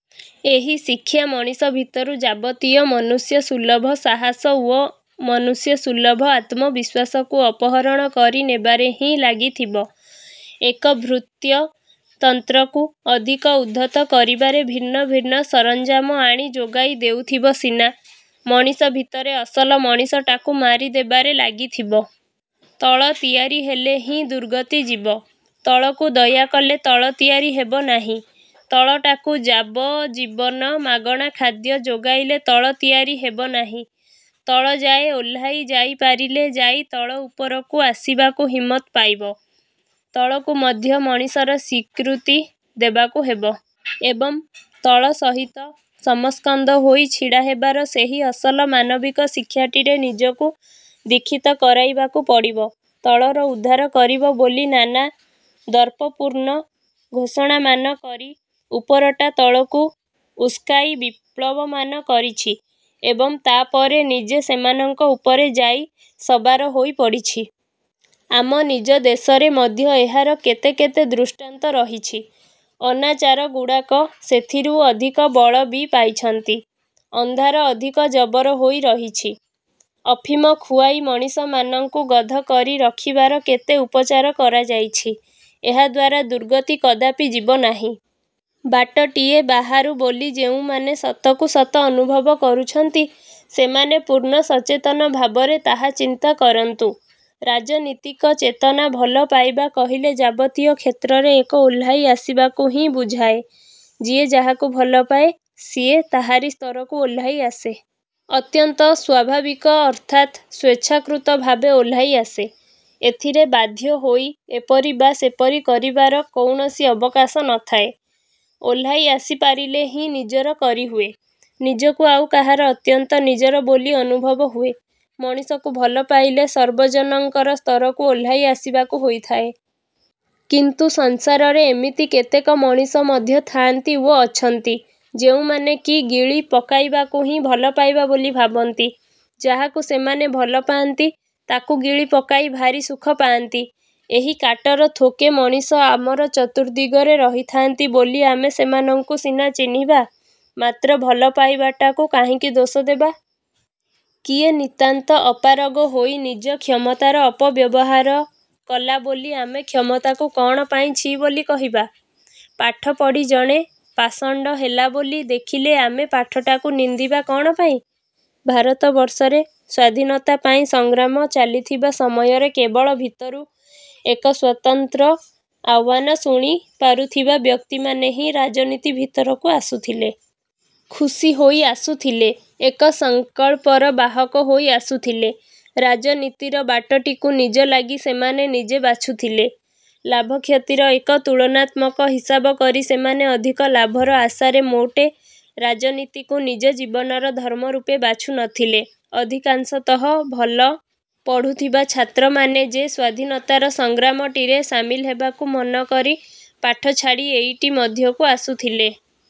ଏହି ଶିକ୍ଷା ମଣିଷ ଭିତରୁ ଯାବତୀୟ ମନୁଷ୍ୟସୁଲଭ ସାହସ ଓ ମନୁଷ୍ୟସୁଲଭ ଆତ୍ମବିଶ୍ୱାସକୁ ଅପହରଣ କରି ନେବାରେ ହିଁ ଲାଗିଥିବ। ଏକ ଭୃତ୍ୟତନ୍ତ୍ରକୁ ଅଧିକ ଉଦ୍ଧତ କରିବାରେ ଭିନ୍ନ ଭିନ୍ନ ସରଂଜାମ ଆଣି ଯୋଗାଇ ଦେଉଥିବ ସିନା, ମଣିଷ ଭିତରେ ଅସଲ ମଣିଷଟାକୁ ମାରିଦେବାରେ ଲାଗିଥିବ। ତଳ ତିଆରି ହେଲେ ହିଁ ଦୁର୍ଗତି ଯିବ। ତଳକୁ ଦୟା କଲେ ତଳ ତିଆରି ହେବ ନାହିଁ। ତଳଟାକୁ ଯାବଜ୍ଜୀବନ ମାଗଣା ଖାଦ୍ୟ ଯୋଗାଇଲେ ତଳ ତିଆରି ହେବ ନାହିଁ। ତଳଯାଏ ଓହ୍ଲାଇ ଯାଇପାରିଲେ ଯାଇ ତଳ ଉପରକୁ ଆସିବାକୁ ହିମ୍ମତ ପାଇବ। ତଳକୁ ମଧ୍ୟ ମଣିଷର ସ୍ୱୀକୃତି ଦେବାକୁ ହେବ। ଏବଂ, ତଳ ସହିତ ସମସ୍କନ୍ଧ ହୋଇ ଛିଡ଼ା ହେବାର ସେହି ଅସଲ ମାନବିକ ଶିକ୍ଷାଟିରେ ନିଜକୁ ଦୀକ୍ଷିତ କରାଇବାକୁ ପଡ଼ିବ। ତଳର ଉଦ୍ଧାର କରିବ ବୋଲି ନାନା ଦର୍ପପୂର୍ଣ୍ଣ ଘୋଷଣାମାନ କରି ଉପରଟା ତଳଟାକୁ ଉସ୍କାଇ ବିପ୍ଳବମାନ କରିଛି ଏବଂ ତା'ପରେ ନିଜେ ସେମାନଙ୍କ ଉପରେ ଯାଇ ସବାର ହୋଇପଡ଼ିଛି। ଆମ ନିଜ ଦେଶରେ ମଧ୍ୟ ଏହାର କେତେ କେତେ ଦୃଷ୍ଟାନ୍ତ ରହିଛି। ଅନାଚାରଗୁଡ଼ାକ ସେଥିରୁ ଅଧିକ ବଳ ବି ପାଇଛନ୍ତି। ଅନ୍ଧାର ଅଧିକ ଜବର ହୋଇ ରହିଛି। ଅଫିମ ଖୁଆଇ ମଣିଷମାନଙ୍କୁ ଗଧ କରି ରଖିବାର କେତେ ଉପଚାର କରାଯାଇଛି। ଏହାଦ୍ଵାରା ଦୁର୍ଗତି କଦାପି ଯିବନାହିଁ। ବାଟଟିଏ ବାହାରୁ ବୋଲି ଯେଉଁମାନେ ସତକୁ ସତ ଅନୁଭବ କରୁଛନ୍ତି, ସେମାନେ ପୂର୍ଣ୍ଣ ସଚେତନ ଭାବରେ ତାହା ଚିନ୍ତା କରନ୍ତୁ। ରାଜନୀତିକ ଚେତନା ଭଲ ପାଇବା କହିଲେ ଯାବତୀୟ କ୍ଷେତ୍ରରେ ଏକ ଓହ୍ଲାଇ ଆସିବାକୁ ହିଁ ବୁଝାଏ। ଯିଏ ଯାହାକୁ ଭଲପାଏ, ସିଏ ତାହାରି ସ୍ତରକୁ ଓହ୍ଲାଇ ଆସେ। ଅତ୍ୟନ୍ତ ସ୍ଵାଭାବିକ ଅର୍ଥାତ୍ ସ୍ୱେଚ୍ଛାକୃତ ଭାବେ ଓହ୍ଲାଇ ଆସେ। ଏଥିରେ ବାଧ୍ୟ ହୋଇ ଏପରି ବା ସେପରି କରିବାର କୌଣସି ଅବକାଶ ନଥାଏ। ଓହ୍ଲାଇ ଆସି ପାରିଲେ ହିଁ ନିଜର କରିହୁଏ, ନିଜକୁ ଆଉ କାହାର ଅତ୍ୟନ୍ତ ନିଜର ବୋଲି ଅନୁଭବ ହୁଏ। ମଣିଷକୁ ଭଲ ପାଇଲେ ସର୍ବଜନଙ୍କର ସ୍ତରକୁ ଓହ୍ଲାଇ ଆସିବାକୁ ହୋଇଥାଏ। କିନ୍ତୁ ସଂସାରରେ ଏମିତି କେତେକ ମଣିଷ ମଧ୍ୟ ଥାଆନ୍ତି ଓ ଅଛନ୍ତି, ଯୋଉମାନେ କି ଗିଳି ପକାଇବାକୁ ହି ଭଲପାଇବା ବୋଲି ଭାବନ୍ତି। ଯାହାକୁ ସେମାନେ ଭଲ ପାଆନ୍ତି, ତାକୁ ଗିଳି ପକାଇ ଭାରି ସୁଖ ପାଆନ୍ତି। ଏହି କାଟର ଥୋକେ ମଣିଷ ଆମର ଚତୁର୍ଦ୍ଦିଗରେ ରହିଥାନ୍ତି ବୋଲି ଆମେ ସେମାନଙ୍କୁ ସିନା ଚିହ୍ନିବା, ମାତ୍ର ଭଲ ପାଇବାଟାକୁ କାହିଁକି ଦୋଷ ଦେବା? କିଏ ନିତାନ୍ତ ଅପାରଗ ହୋଇ ନିଜ କ୍ଷମତାର ଅପବ୍ୟବହାର କଲା ବୋଲି ଆମେ କ୍ଷମତାକୁ କ'ଣ ପାଇଁ ଛି ବୋଲି କହିବା? ପାଠ ପଢ଼ି ଜଣେ ପାଷଣ୍ଡ ହେଲା ବୋଲି ଦେଖିଲେ ଆମେ ପାଠଟାକୁ ନିନ୍ଦିବା କ'ଣ ପାଇଁ? ଭାରତବର୍ଷରେ ସ୍ୱାଧୀନତା ପାଇଁ ସଂଗ୍ରାମ ଚାଲିଥିବା ସମୟରେ କେବଳ ଭିତରୁ ଏକ ସ୍ୱତନ୍ତ୍ର ଆହ୍ୱାନ ଶୁଣି ପାରୁଥିବା ବ୍ୟକ୍ତିମାନେ ହିଁ ରାଜନୀତି ଭିତରକୁ ଆସୁଥିଲେ। ଖୁସି ହୋଇ ଆସୁଥଲେ, ଏକ ସଂକଳ୍ପର ବାହକ ହୋଇ ଆସୁଥିଲେ। ରାଜନୀତିର ବାଟଟିକୁ ନିଜ ଲାଗି ସେମାନେ ନିଜେ ବାଛୁଥିଲେ। ଲାଭକ୍ଷତିର ଏକ ତୁଳନାତ୍ମକ ହିସାବ କରି ସେମାନେ ଅଧିକ ଲାଭର ଆଶାରେ ମୋଟେ ରାଜନୀତିକୁ ନିଜ ଜୀବନର ଧର୍ମ ରୂପେ ବାଛୁନଥିଲେ। ଅଧିକାଂଶତଃ ଭଲ ପଢୁଥିବା ଛାତ୍ରମାନେ ଯେ ସ୍ୱାଧୀନତାର ସଂଗ୍ରାମଟିରେ ସାମିଲ ହେବାକୁ ମନକରି ପାଠ ଛାଡ଼ି ଏଇଟି ମଧ୍ୟକୁ ଆସୁଥଲେ,